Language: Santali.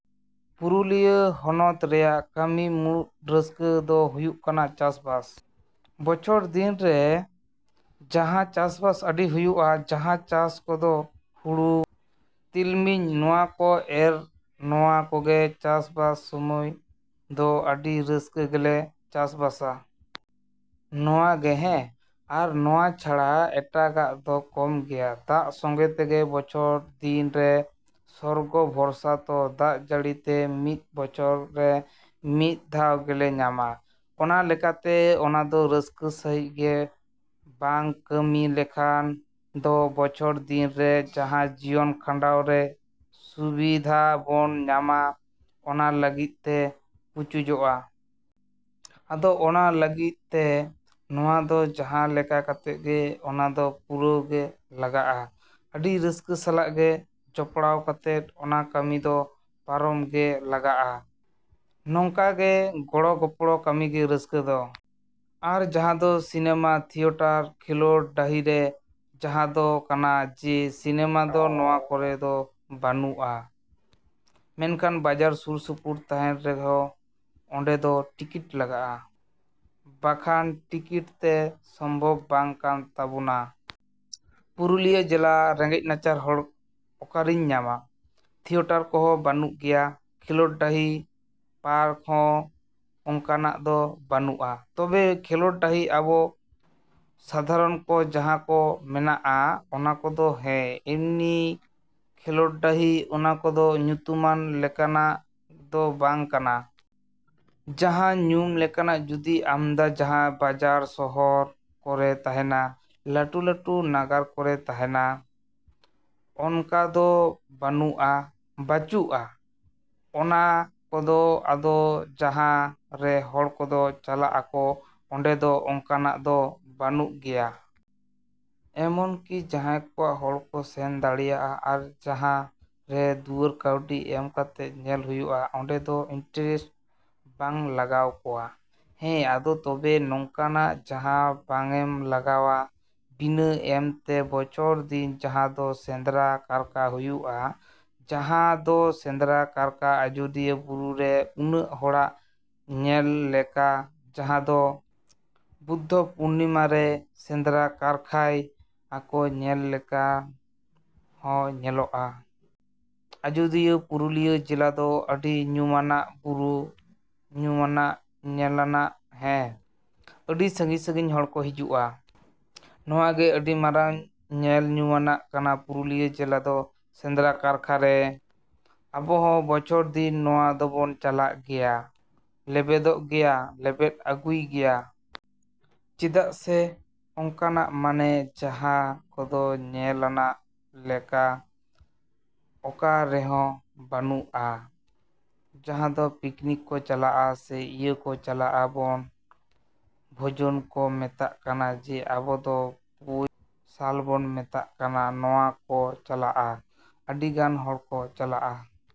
ᱯᱩᱨᱩᱞᱤᱭᱟᱹ ᱦᱚᱱᱚᱛ ᱨᱮᱭᱟᱜ ᱠᱟᱹᱢᱤ ᱢᱩᱬᱩᱫ ᱨᱟᱹᱥᱠᱟᱹ ᱫᱚ ᱦᱩᱭᱩᱜ ᱠᱟᱱᱟ ᱪᱟᱥᱵᱟᱥ᱾ ᱵᱚᱪᱷᱚᱨ ᱫᱤᱱ ᱨᱮ ᱡᱟᱦᱟᱸ ᱪᱟᱥᱵᱟᱥ ᱟᱹᱰᱤ ᱦᱩᱭᱩᱜ-ᱟ, ᱡᱟᱦᱟᱸ ᱪᱟᱥ ᱠᱚᱫᱚ ᱦᱩᱲᱩ, ᱛᱤᱞᱢᱤᱧ ᱱᱚᱣᱟ ᱠᱚ ᱮᱨ ᱱᱚᱣᱟ ᱠᱚᱜᱮ ᱪᱟᱥᱵᱟᱥ ᱥᱚᱢᱚᱭ ᱫᱚ ᱟᱹᱰᱤ ᱨᱟᱹᱥᱠᱟᱹ ᱜᱮᱞᱮ ᱪᱟᱥᱵᱟᱥᱟ᱾ ᱱᱚᱣᱟ ᱜᱮ ᱦᱮᱸ, ᱟᱨ ᱱᱚᱣᱟ ᱪᱷᱟᱲᱟ ᱮᱴᱟᱜ ᱟᱜ ᱫᱚ ᱠᱚᱢ ᱜᱮᱭᱟ᱾ ᱫᱟᱜ ᱥᱚᱝᱜᱮᱛᱮ ᱵᱚᱪᱷᱚᱨ ᱫᱤᱱ ᱨᱮ ᱥᱚᱨᱜᱚ ᱵᱷᱚᱨᱥᱟ ᱛᱚ ᱫᱟᱜ ᱡᱟᱹᱲᱤ ᱛᱮ ᱢᱤᱫ ᱵᱚᱪᱷᱚᱨ ᱨᱮ ᱢᱤᱫ ᱫᱷᱟᱣ ᱜᱮᱞᱮ ᱧᱟᱢᱟ᱾ ᱚᱱᱟ ᱞᱮᱠᱟᱛᱮ ᱚᱱᱟ ᱫᱚ ᱨᱟᱹᱥᱠᱟᱹ ᱥᱟᱺᱦᱤᱡ ᱜᱮ ᱵᱟᱝ ᱠᱟᱹᱢᱤ ᱞᱮᱠᱷᱟᱱ ᱫᱚ ᱵᱚᱪᱷᱚᱨ ᱫᱤᱱ ᱨᱮ ᱡᱟᱦᱟᱸ ᱡᱤᱭᱚᱱ ᱠᱷᱟᱱᱰᱟᱣ ᱨᱮ ᱥᱩᱵᱤᱫᱷᱟ ᱵᱚᱱ ᱧᱟᱢᱟ ᱚᱱᱟ ᱞᱟᱹᱜᱤᱫ ᱛᱮ ᱯᱩᱪᱩᱡᱚᱜ-ᱟ᱾ ᱟᱫᱚ ᱚᱱᱟ ᱞᱟᱹᱜᱤᱫ ᱛᱮ ᱚᱱᱟ ᱫᱚ ᱡᱟᱦᱟᱸ ᱞᱮᱠᱟ ᱠᱟᱛᱮᱫ ᱜᱮ ᱚᱱᱟ ᱫᱚ ᱯᱩᱨᱟᱹᱣ ᱜᱮ ᱞᱟᱜᱟᱜ-ᱟ᱾ ᱟᱹᱰᱤ ᱨᱟᱹᱥᱠᱟᱹ ᱥᱟᱞᱟᱜ ᱜᱮ ᱡᱚᱯᱲᱟᱣ ᱠᱟᱛᱮᱫ ᱚᱱᱟ ᱠᱟᱹᱢᱤ ᱫᱚ ᱯᱟᱨᱚᱢ ᱜᱮ ᱞᱟᱜᱟᱜ-ᱟ᱾ ᱱᱚᱝᱠᱟ ᱜᱮ ᱜᱚᱲᱚ ᱜᱚᱯᱲᱚ ᱠᱟᱹᱢᱤ ᱜᱮ ᱨᱟᱹᱥᱠᱟᱹ ᱫᱚ᱾ ᱟᱨ ᱡᱟᱦᱟᱸ ᱫᱚ ᱥᱤᱱᱮᱢᱟ, ᱛᱷᱤᱭᱮᱴᱟᱨ, ᱠᱷᱮᱞᱳᱰ ᱰᱟᱹᱦᱤ ᱨᱮ ᱡᱟᱦᱟᱸ ᱫᱚ ᱠᱟᱱᱟ ᱡᱮ ᱥᱤᱱᱮᱢᱟ ᱫᱚ ᱱᱚᱣᱟ ᱠᱚᱨᱮ ᱫᱚ ᱵᱟᱹᱱᱩᱜ-ᱟ᱾ ᱢᱮᱱᱠᱷᱟᱱ ᱵᱟᱡᱟᱨ ᱥᱩᱨ ᱥᱩᱯᱩᱨ ᱛᱟᱦᱮᱱ ᱨᱮᱦᱚᱸ ᱚᱸᱰᱮ ᱫᱚ ᱴᱤᱠᱤᱴ ᱞᱟᱜᱟᱜ-ᱟ᱾ ᱵᱟᱠᱷᱟᱱ ᱴᱤᱠᱤᱴ ᱛᱚ ᱥᱚᱢᱵᱷᱚᱵ ᱵᱟᱝ ᱠᱟᱱ ᱛᱟᱵᱳᱱᱟ᱾ ᱯᱩᱨᱩᱞᱤᱭᱟᱹ ᱡᱮᱞᱟ ᱨᱮᱸᱜᱮᱡᱽ ᱱᱟᱪᱟᱨ ᱦᱚᱲ ᱚᱠᱟᱨᱤᱧ ᱧᱟᱢᱟ? ᱛᱷᱤᱭᱮᱴᱟᱨ ᱠᱚᱦᱚᱸ ᱵᱟᱹᱱᱩᱜ ᱜᱮᱭᱟ, ᱠᱷᱮᱞᱳᱰ ᱰᱟᱹᱦᱤ, ᱯᱟᱨᱠ ᱦᱚᱸ ᱚᱱᱠᱟᱱᱟᱜ ᱫᱚ ᱵᱟᱹᱱᱩᱜ-ᱟ᱾ ᱛᱚᱵᱮ ᱠᱷᱮᱞᱳᱰ ᱰᱟᱹᱦᱤ ᱟᱵᱚ ᱥᱟᱫᱷᱟᱨᱚᱱ ᱠᱚ ᱡᱟᱦᱟᱸ ᱠᱚ ᱢᱮᱱᱟᱜ-ᱟ ᱚᱱᱟ ᱠᱚᱫᱚ ᱦᱮᱸ, ᱮᱢᱱᱤ ᱠᱷᱮᱞᱳᱰ ᱰᱟᱹᱦᱤ ᱚᱱᱟ ᱠᱚᱫᱚ ᱧᱩᱢᱟᱱᱟᱜ ᱞᱮᱠᱟᱱᱟᱜ ᱫᱚ ᱵᱟᱝ ᱠᱟᱱᱟ᱾ ᱡᱟᱦᱟᱸ ᱧᱩᱢ ᱞᱮᱠᱟᱱᱟᱜ ᱡᱩᱫᱤ ᱟᱢᱫᱟ ᱡᱟᱦᱟᱸ ᱵᱟᱡᱟᱨ ᱥᱚᱦᱚᱨ ᱠᱚᱨᱮ ᱛᱟᱦᱮᱱᱟ, ᱞᱟᱹᱴᱩ ᱞᱟᱹᱴᱩ ᱱᱟᱜᱟᱨ ᱠᱚᱨᱮ ᱛᱟᱦᱮᱱᱟ ᱚᱱᱠᱟ ᱫᱚ ᱵᱟᱹᱱᱩᱜ-ᱟ, ᱵᱟᱹᱪᱩᱜ-ᱟ ᱚᱱᱟ ᱠᱚᱫᱚ, ᱟᱫᱚ ᱡᱟᱦᱟᱸ ᱨᱮ ᱦᱚᱲ ᱠᱚᱠᱚ ᱪᱟᱞᱟᱜ-ᱟᱠᱚ, ᱚᱸᱰᱮ ᱫᱚ ᱚᱱᱠᱟᱱᱟᱜ ᱫᱚ ᱵᱟᱹᱱᱩᱜ ᱜᱮᱭᱟ᱾ ᱮᱢᱱᱠᱤ ᱡᱟᱦᱟᱸᱭ ᱠᱚᱣᱟᱜ ᱦᱚᱲ ᱠᱚ ᱥᱮᱱ ᱫᱟᱲᱮᱭᱟᱜ-ᱟ ᱟᱨ ᱡᱟᱦᱟᱸ ᱨᱮ ᱫᱩᱣᱟᱹᱨ ᱠᱟᱹᱣᱰᱤ ᱮᱢ ᱠᱟᱛᱮᱫ ᱧᱮᱞ ᱦᱩᱭᱩᱜ-ᱟ ᱚᱸᱰᱮ ᱫᱚ ᱤᱱᱴᱟᱨᱮᱥᱴ ᱵᱟᱝ ᱞᱟᱜᱟᱣ ᱠᱚᱣᱟ᱾ ᱦᱮᱸ, ᱟᱫᱚ ᱛᱚᱵᱮ ᱱᱚᱝᱠᱟᱱᱟᱜ ᱡᱟᱦᱟᱸ ᱵᱟᱝ ᱮᱢ ᱞᱟᱜᱟᱜ-ᱟ, ᱵᱤᱱᱟᱹ ᱮᱢ ᱛᱮ ᱵᱚᱪᱷᱚᱨ ᱫᱤᱱ ᱡᱟᱦᱟᱸ ᱫᱚ ᱥᱮᱸᱫᱽᱨᱟ ᱠᱟᱨᱠᱟ ᱦᱩᱭᱩᱜ-ᱟ, ᱡᱟᱦᱟᱸ ᱫᱚ ᱥᱮᱸᱫᱽᱨᱟ ᱠᱟᱨᱠᱟ ᱟᱡᱳᱫᱤᱭᱟᱹ ᱵᱩᱨᱩ ᱡᱮ ᱩᱱᱟᱹᱜ ᱦᱚᱲᱟᱜ ᱧᱮᱞ ᱞᱮᱠᱟ ᱡᱟᱦᱟᱸ ᱫᱚ ᱵᱩᱫᱽᱫᱷᱚ ᱯᱩᱨᱱᱤᱢᱟ ᱨᱮ ᱥᱮᱸᱫᱽᱨᱟ ᱠᱟᱨᱠᱷᱟᱭ ᱟᱠᱚ ᱧᱮᱞ ᱞᱮᱠᱷᱟᱱ ᱦᱚᱸ ᱧᱮᱞᱚᱜ-ᱟ᱾ ᱟᱡᱳᱫᱤᱭᱟᱹ ᱯᱩᱨᱩᱞᱤᱭᱟᱹ ᱡᱮᱞᱟ ᱫᱚ ᱟᱹᱰᱤ ᱧᱩᱢᱟᱱᱟᱜ ᱵᱩᱨᱩ, ᱧᱩᱢᱟᱱᱟᱜ ᱧᱮᱞᱟᱱᱟᱜ ᱦᱮᱸ, ᱟᱹᱰᱤ ᱥᱟᱺᱜᱤᱧ ᱥᱟᱺᱜᱤᱧ ᱠᱷᱚᱱ ᱦᱚᱲ ᱠᱚ ᱦᱤᱡᱩᱜ-ᱟ᱾ ᱱᱚᱣᱟ ᱜᱮ ᱟᱹᱰᱤ ᱢᱟᱨᱟᱝ ᱧᱮᱞ ᱧᱩᱢᱟᱱᱟᱜ ᱠᱟᱱᱟ ᱯᱩᱨᱩᱞᱤᱭᱟᱹ ᱡᱮᱞᱟ ᱫᱚ ᱥᱮᱸᱫᱽᱨᱟ ᱠᱟᱨᱠᱷᱟ ᱨᱮ᱾ ᱟᱵᱚ ᱦᱚᱸ ᱵᱚᱪᱷᱚᱨ ᱫᱤᱱ ᱚᱱᱟ ᱫᱚᱵᱚᱱ ᱪᱟᱞᱟᱜ ᱜᱮᱭᱟ, ᱞᱮᱵᱮᱫᱚᱜ ᱜᱮᱭᱟ, ᱞᱮᱵᱮᱫ ᱟᱹᱜᱩᱭ ᱜᱮᱭᱟ᱾ ᱪᱮᱫᱟᱜ ᱥᱮ ᱚᱱᱠᱟᱱᱟᱜ ᱢᱟᱱᱮ ᱡᱟᱦᱟᱸ ᱠᱚᱫᱚ ᱧᱮᱞ ᱟᱱᱟᱜ ᱞᱮᱠᱟ ᱚᱠᱟ ᱨᱮᱦᱚᱸ ᱵᱟᱹᱱᱩᱜ-ᱟ᱾ ᱡᱟᱦᱟᱸ ᱫᱚ ᱯᱤᱠᱱᱤᱠ ᱠᱚ ᱪᱟᱞᱟᱜ-ᱟ ᱥᱮ ᱤᱭᱟᱹ ᱠᱚ ᱪᱟᱞᱟᱜ-ᱟ ᱵᱚᱱ ᱵᱷᱳᱡᱚᱱ ᱠᱚ ᱢᱮᱛᱟᱜ ᱠᱟᱱᱟ ᱥᱮ ᱟᱵᱚ ᱫᱚ ᱯᱩᱭ ᱥᱟᱞᱚᱵᱚᱱ ᱢᱮᱛᱟᱜ ᱠᱟᱱᱟ ᱱᱚᱣᱟ ᱠᱚ ᱪᱟᱞᱟᱜ-ᱟ᱾ ᱟᱹᱰᱤ ᱜᱟᱱ ᱦᱚᱲ ᱠᱚ ᱪᱟᱞᱟᱜ-ᱟ᱾